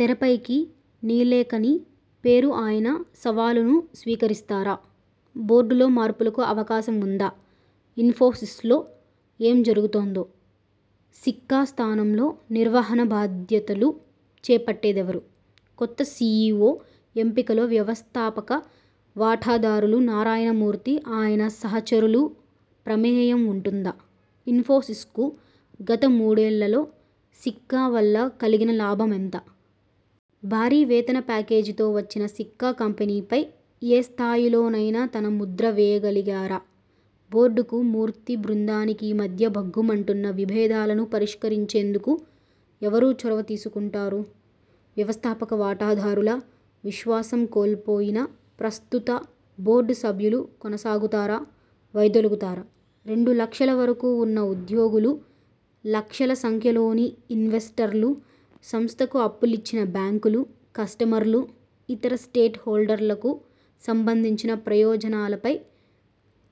తెరపైకి నీలేకని పేరుఆయన సవాలును స్వీకరిస్తారా? బోర్డులో మార్పులకు అవకాశం ఉందా? ఇన్ఫోసిస్లో ఏం జరుగుతోంది. సిక్కా స్థానంలో నిర్వహణ బాధ్యతలు చేపట్టేదెవరు? కొత్త సిఇఒ ఎంపికలో వ్యవస్థాపక వాటాదారులు నారాయణమూర్తి ఆయన సహచరుల ప్రమేయం ఉంటుందా? ఇన్ఫోసిస్కు గత మూడేళ్లలో సిక్కా వల్ల కలిగిన లాభం ఎంత? భారీ వేతన ప్యాకేజీతో వచ్చిన సిక్కా కంపెనీపై ఏ స్థాయిలోనైనా తన ముద్ర వేయగలిగారా? బోర్డుకు, మూర్తి బృందానికి మధ్య భగ్గుమంటున్న విభేదాలను పరిష్కరించేందుకు ఎవరు చొరవ తీసుకుంటారు? వ్యవస్థాపక వాటాదారుల విశ్వాసం కోల్పోయిన ప్రస్తు త బోర్డు సభ్యులు కొనసాగుతారా, వైదొలుగుతారా? రెండు లక్షల వరకు ఉన్న ఉద్యోగులు, లక్షల సంఖ్యలోని ఇన్వెస్టర్లు, సంస్థకు అప్పులిచ్చిన బ్యాంకులు, కస్టమర్లు, ఇతర స్టేక్ హోల్డర్లకు సంబంధించిన ప్రయోజనాలపై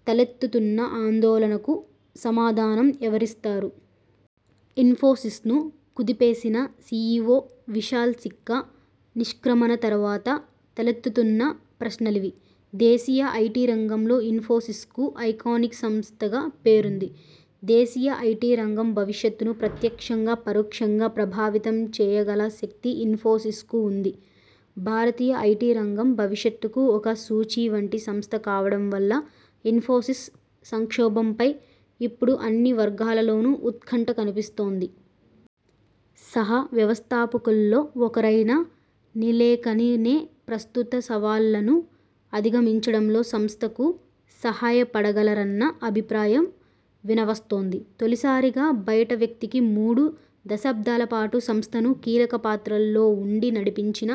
తలెత్తుతున్న ఆందోళనకు సమాధానం ఎవరిస్తారు? ఇన్ఫోసిస్ను కుదిపేసిన సిఇఒ విశాల్ సిక్కా నిష్క్రమణ తర్వాత తలెత్తుతున్న ప్రశ్నలివి. దేశీయ ఐటి రంగంలో ఇన్ఫోసిస్కు ఐకానిక్ సంస్థగా పేరుంది. దేశీయ ఐటి రంగం భవిష్యత్తును ప్రత్యక్షంగా, పరోక్షంగా ప్రభావితం చేయగల శక్తి ఇన్ఫోసి్సకు ఉంది. భారతీయ ఐటి రంగం భవిష్యత్తుకు ఒక సూచీ వంటి సంస్థ కావడం వల్ల ఇన్ఫోసిస్ సంక్షోభంపై ఇప్పు డు అన్ని వర్గాల్లోనూ ఉత్కంఠ కనిపిస్తోంది. సహ వ్యవస్థాపకుల్లో ఒకరైన నీలేకనినే ప్రస్తుత సవాళ్లను అధిగమించడంలో సంస్థకు సహాయపడగలరన్న అభిప్రాయం వినవస్తోంది. తొలిసారిగా బయటవ్యక్తికి.. మూడు దశాబ్దాలపాటు సంస్థను కీలకపాత్రల్లో ఉండి నడిపించిన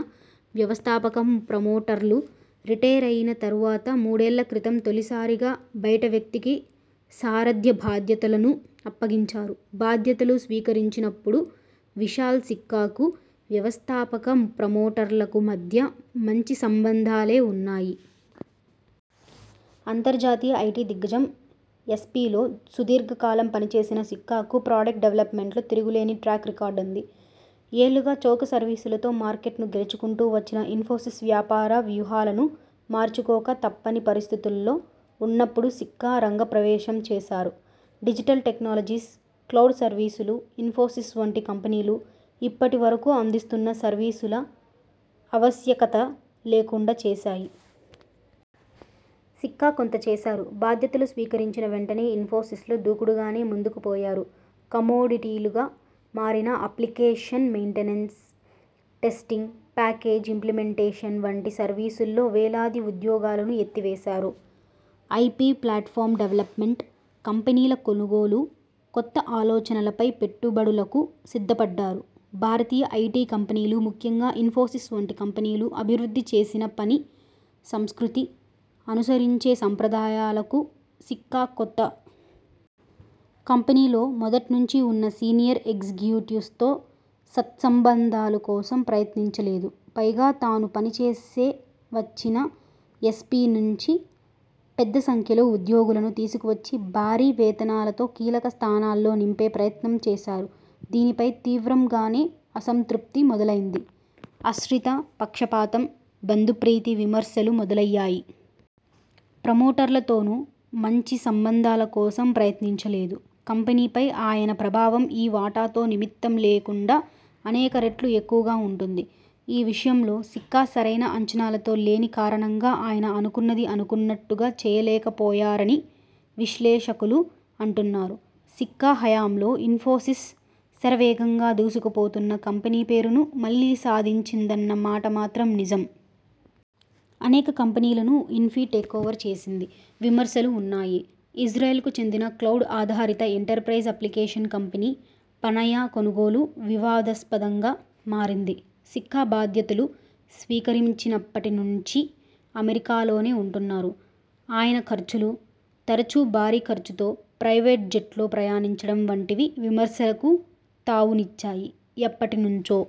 వ్యవస్థాపక ప్రమోటర్లు రిటైర్ అయిన తర్వాత, మూడేళ్ల క్రితం తొలిసారిగా బయటవ్యక్తికి సారథ్య బాధ్యతలను అప్పగించారు. బాధ్యతలు స్వీకరించినప్పుడు విశాల్ సిక్కాకు, వ్యవస్థాపక ప్రమోటర్లకు మధ్య మంచి సంబంధాలే ఉన్నాయి. అంతర్జాతీయ ఐటి దిగ్గజం ఎస్ఎపిలో సుదీర్ఘకాలం పనిచేసిన సిక్కాకు ప్రొడక్ట్ డెవల్పమెంట్లో తిరుగులేని ట్రాక్ రికార్డ్ ఉంది. ఏళ్లుగా చౌక సర్వీసులతో మార్కెట్ను గెలుచుకుంటూ వచ్చిన ఇన్ఫోసిస్ వ్యాపార వ్యూహాలను మార్చుకోక తప్పని పరిస్థితుల్లో ఉన్నప్పుడు సిక్కా రంగ ప్రవేశం చేశారు. డిజిటల్ టెక్నాలజీస్, క్లౌడ్ సర్వీసులు ఇన్ఫోసిస్ వంటి కంపెనీలు ఇప్పటి వరకు అందిస్తున్న సర్వీసుల ఆవశ్యకత లేకుండా చేశాయి. సిక్కా కొంత చేశారు.. బాధ్యతలు స్వీకరించిన వెంటనే ఇన్ఫోసి్సలో దూకుడుగానే ముందుకు పోయారు. కమోడిటీలుగా మారిన application maintenance, testing, package implementation వంటి సర్వీసుల్లో వేలాది ఉద్యోగాలను ఎత్తివేశారు. ఐపి ప్లాట్ఫామ్స్ డెవల్పమెంట్, కంపెనీల కొనుగోలు, కొత్త ఆలోచనలపై పెట్టుబడులకు సిద్ధపడ్డారు. భారతీయ ఐటి కంపెనీలు ముఖ్యంగా ఇన్ఫోసిస్ వంటి కంపెనీలు అభివృద్ధి చేసిన పని సంస్కృతి, అనుసరించే సంప్రదాయాలకు సిక్కా కొత్త. కంపెనీలో మొదటి నుంచీ ఉన్న సీనియర్ ఎగ్జిక్యూటివ్స్తో సత్సంబంధాల కోసం ప్రయత్నించలేదు. పైగా తాను పనిచేసి వచ్చిన ఎస్ఎపి నుంచి పెద్ద సంఖ్యలో ఉద్యోగులను తీసుకువచ్చి భారీ వేతనాలతో కీలక స్థానాల్లో నింపే ప్రయత్నం చేశారు. దీనిపై తీవ్రంగానే అసంతృప్తి మొదలైంది. ఆశ్రిత పక్షపాతం, బంధుప్రీతి విమర్శలు మొదలయ్యాయి. ప్రమోటర్లతోనూ మంచి సంబంధాల కోసం ప్రయత్నించలేదు. కంపెనీపై ఆయన ప్రభావం ఈ వాటాతో నిమిత్తం లేకుండా అనేక రెట్లు ఎక్కువగా ఉంటుంది. ఈ విషయంలో సిక్కా సరైన అంచనాలతో లేని కారణంగా ఆయన అనుకున్నది అనుకున్నట్టుగా చేయలేకపోయారని విశ్లేషకులు అంటున్నారు. సిక్కా హయాంలో ఇన్ఫోసిస్ శరవేగంగా దూసుకుపోతున్న కంపెనీ పేరును మళ్లీ సాధించిందన్న మాట మాత్రం నిజం. అనేక కంపెనీలను ఇన్ఫీ టేకోవర్ చేసింది. విమర్శలూ ఉన్నాయి.. ఇజ్రాయెల్కు చెందిన క్లౌడ్ ఆధారిత ఎంటర్ప్రైజ్ అప్లికేషన్ కంపెనీ పనయా కొనుగోలు వివాదాస్పదంగా మారింది. సిక్కా బాధ్యతలు స్వీకరించినప్పటి నుంచి అమెరికాలోనే ఉంటున్నారు. ఆయ న ఖర్చులు, తరుచూభారీ ఖర్చుతో ప్రైవేట్జెట్లో ప్రయాణించడం వంటివి విమర్శలకు తావునిచ్చాయి. ఎప్పటి నుంచో